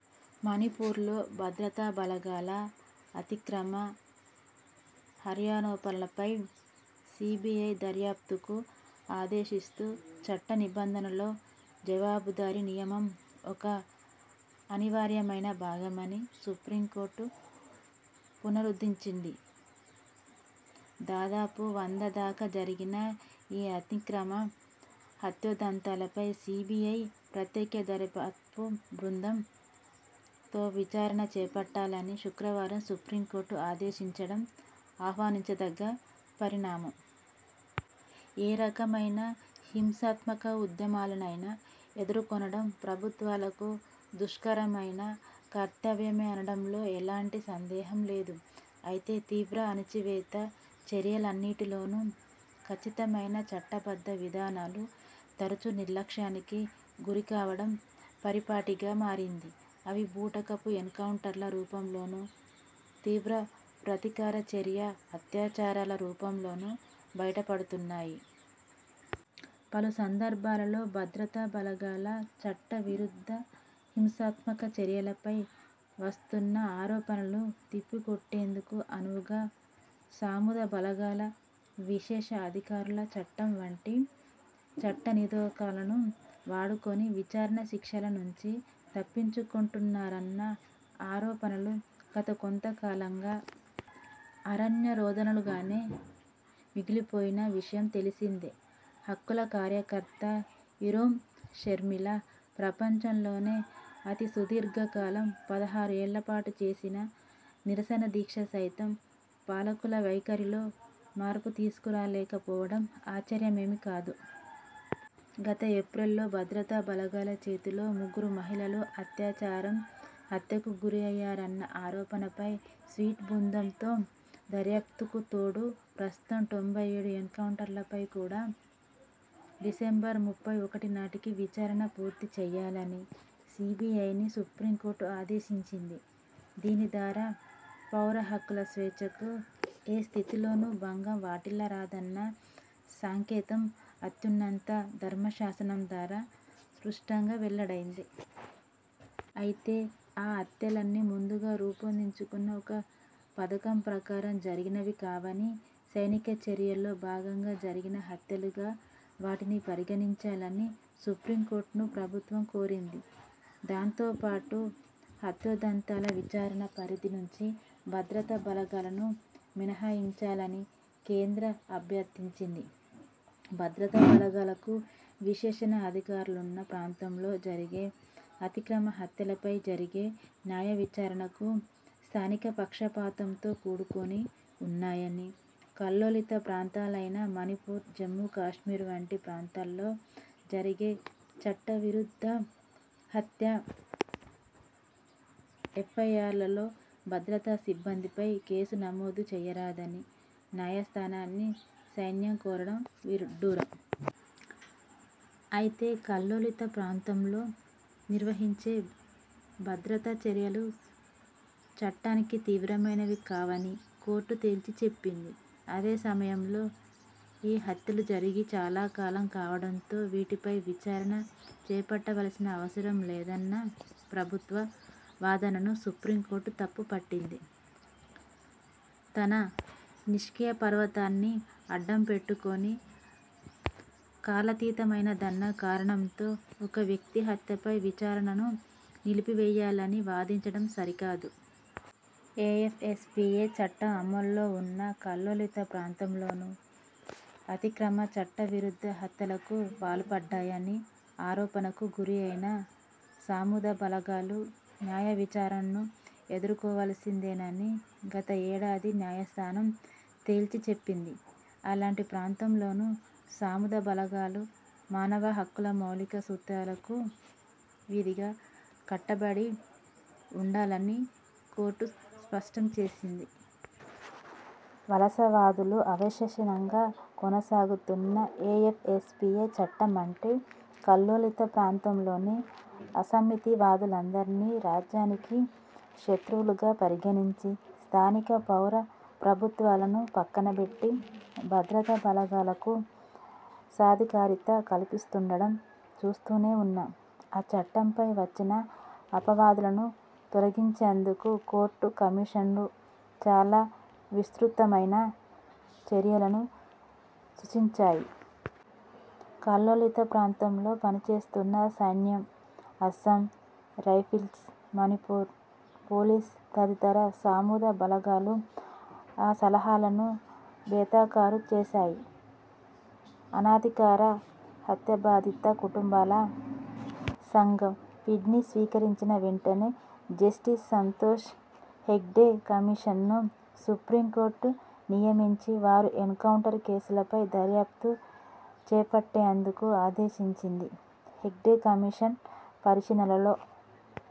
మణిపూర్లో భద్రతా బలగాల అతిక్రమ హత్యారోపణలపై సీబీఐ దర్యాప్తుకు ఆదేశిస్తూ, చట్ట నిబంధనల్లో జవాబుదారీ నియమం ఒక అనివార్యమైన భాగమని సుప్రీంకోర్టు పునరుద్ఘాటించింది. దాదాపు వంద దాకా జరిగిన ఈ అతిక్రమ హత్యోదంతాలపై సీబీఐ ప్రత్యేక దర్యాప్తు బృందం తో విచారణ చేపట్టాలని శుక్రవారం సుప్రీంకోర్టు ఆదేశించడం ఆహ్వానించదగ్గ పరిణామం. ఏ రకమైన హింసాత్మక ఉద్యమాలనైనా ఎదుర్కొనడం ప్రభుత్వాలకు దుష్కరమైన కర్తవ్యమేననడంలో ఎలాంటి సందేహం లేదు. అయితే తీవ్ర అణచివేత చర్యలన్నిటిలోనూ కచ్చితమైన చట్టబద్ధ విధానాలు తరచూ నిర్లక్ష్యానికి గురికావడం పరిపాటిగా మారింది. ఇవి బూటకపు ఎన్కౌంటర్ల రూపంలోనో, తీవ్ర ప్రతీకార చర్యలు, అత్యాచారాల రూపంలోనో బయటపడుతున్నాయి. పలు సందర్బాలలో భద్రతా బలగాల చట్టవిరుద్ధ హింసాత్మక చర్యలపై వస్తున్న ఆరోపణలను తిప్పికొట్టేందుకు అనువుగా 'సాయుధ బలగాల విశేష అధికారాల చట్టం' వంటి చట్టనిరోధకాలను వాడుకొని విచారణ, శిక్షల నుంచి తప్పించుకుంటున్నారన్న ఆరోపణలు గత కొంత కాలంగా అరణ్యరోదనలుగానే మిగిలిపోయిన విషయం తెలిసిందే. హక్కుల కార్యకర్త ఇరోమ్ షర్మిల ప్రపంచంలోనే అతి సుదీర్ఘకాలం పదహారు ఏళ్ల పాటు చేసిన నిరసన దీక్ష సైతం పాలకుల వైఖరిలో మార్పు తీసుకురాలేక పోవడం ఆశ్చర్యమేమీ కాదు. గత ఏప్రిల్లో భద్రతా బలగాల చేతిలో ముగ్గురు మహిళలు అత్యాచారం, హత్యలకు గురయ్యారన్న ఆరోపణలపై సిట్ బృందంతో దర్యాప్తుకు తోడు, ప్రస్తుతం తొంభై ఏడు ఎన్కౌంటర్లపై కూడా డిసెంబర్ ముప్పై ఒకటి నాటికి విచారణ పూర్తి చేయాలని సీబీఐని సుప్రీంకోర్టు ఆదేశించింది. దీని ద్వారా పౌర హక్కులు, స్వేచ్ఛలకు ఏ స్థితిలోనూ భంగం వాటిల్లరాదన్న సంకేతం అత్యున్నత ధర్మాసనం ద్వారా స్పష్టంగా వెల్లడైంది. అయితే ఆ హత్యలన్నీ ముందుగా రూపొందించుకున్న ఒక పథకం ప్రకారం జరిగినవి కావనీ, 'సైనిక చర్యల్లో భాగంగా' జరిగిన హత్యలుగా వాటిని పరిగణించాలని సుప్రీంకోర్టును ప్రభుత్వం కోరింది. దాంతోపాటు హత్యోదంతాల విచారణ పరిధి నుంచి భద్రతా బలగాలను మినహాయించాలని కేంద్రం అభ్యర్థించింది. భద్రతా దళాలకు విశేష అధికారాలున్న ప్రాంతాల్లో జరిగే అతిక్రమ హత్యలపై జరిగే న్యాయవిచారణలు స్థానిక పక్షపాతంతో కూడుకుని ఉన్నాయని, కల్లోలిత ప్రాంతాలైన మణిపూర్, జమ్ము కశ్మీర్ వంటి ప్రాంతాల్లో జరిగే చట్టవిరుద్ధ హత్య ఎఫ్ఐఆర్లలో భద్రతా సిబ్బందిపై కేసులు నమోదు చేయరాదని న్యాయస్థానాన్ని సైన్యం కోరడం విడ్డూరం. అయితే 'కల్లోలిత ప్రాంతాలలో' నిర్వహించే భద్రతా చర్యలు చట్టానికి అతీతమైనవి కావని కోర్టు తేల్చి చెప్పింది. అదే సమయంలో ఈ హత్యలు జరిగి చాలాకాలం కావడంతో వీటిపై విచారణ చేపట్టవలసిన అవసరం లేదన్న ప్రభుత్వ వాదనను సుప్రీంకోర్టు తప్పు పట్టింది. తన నిష్క్రియాపరత్వాన్ని అడ్డం పెట్టుకుని కాలాతీతమైందన్న కారణంతో ఒకవ్యక్తి హత్యపై విచారణను నిలిపివేయాలని వాదించడం సరికాదు. ఏఎఫ్ఎస్పీఏ చట్టం అమలులో ఉన్న కల్లోలిత ప్రాంతాలలోనూ అతిక్రమ, చట్ట విరుద్ధ హత్యలకు పాల్పడ్డాయని ఆరోపణలకు గురైన సాయుధ బలగాలు న్యాయవిచారణను ఎదుర్కొనవలసిందేనని గత ఏడాది న్యాయస్థానం తేల్చి చెప్పింది. అలాంటి ప్రాంతాల్లోనూ సాయుధ బలగాలు మానవ హక్కుల మౌలిక సూత్రాలకు విధిగా కట్టబడి ఉండాలని కోర్టు స్పష్టం చేసింది. వలసవాదులు అవశేషంగా కొనసాగుతున్న ఏఎఫ్ఎస్పీఏ చట్టం అంటే కల్లోలిత ప్రాంతాల్లోని అసమ్మతివాదులందర్నీ రాజ్యానికి శత్రువులుగా పరిగణించి, స్థానిక పౌర ప్రభుత్వాలను పక్కన బెట్టి, భద్రతా బలగాలకు సాధికారిత కల్పిస్తుండడం చూస్తూనే ఉన్నాం. ఆ చట్టంపై వచ్చిన అపవాదును తొలగించేందుకు కోర్టులు, కమిషన్లు చాలా విస్తృతమైన చర్యలను సూచించాయి. కల్లోలిత ప్రాంతాల్లో పనిచేస్తున్న సైన్యం, అస్సాం రైఫిల్స్, మణిపూర్ పోలీస్ తదితర సాయుధ బలగాలు ఆ సలహాలను బేఖాతరు చేసాయి. 'అనధికార హత్యాబాధిత కుటుంబాల సంఘం' పిల్ను స్వీకరించిన వెంటనే జస్టిస్ సంతోష్ హెగ్డే కమిషన్ను సుప్రీంకోర్టు నియమించి ఆరు ఎన్కౌంటర్ కేసులపై దర్యాప్తు చేపట్టేందుకు ఆదేశించింది. హెగ్డే కమిషన్ పరిశీలనలో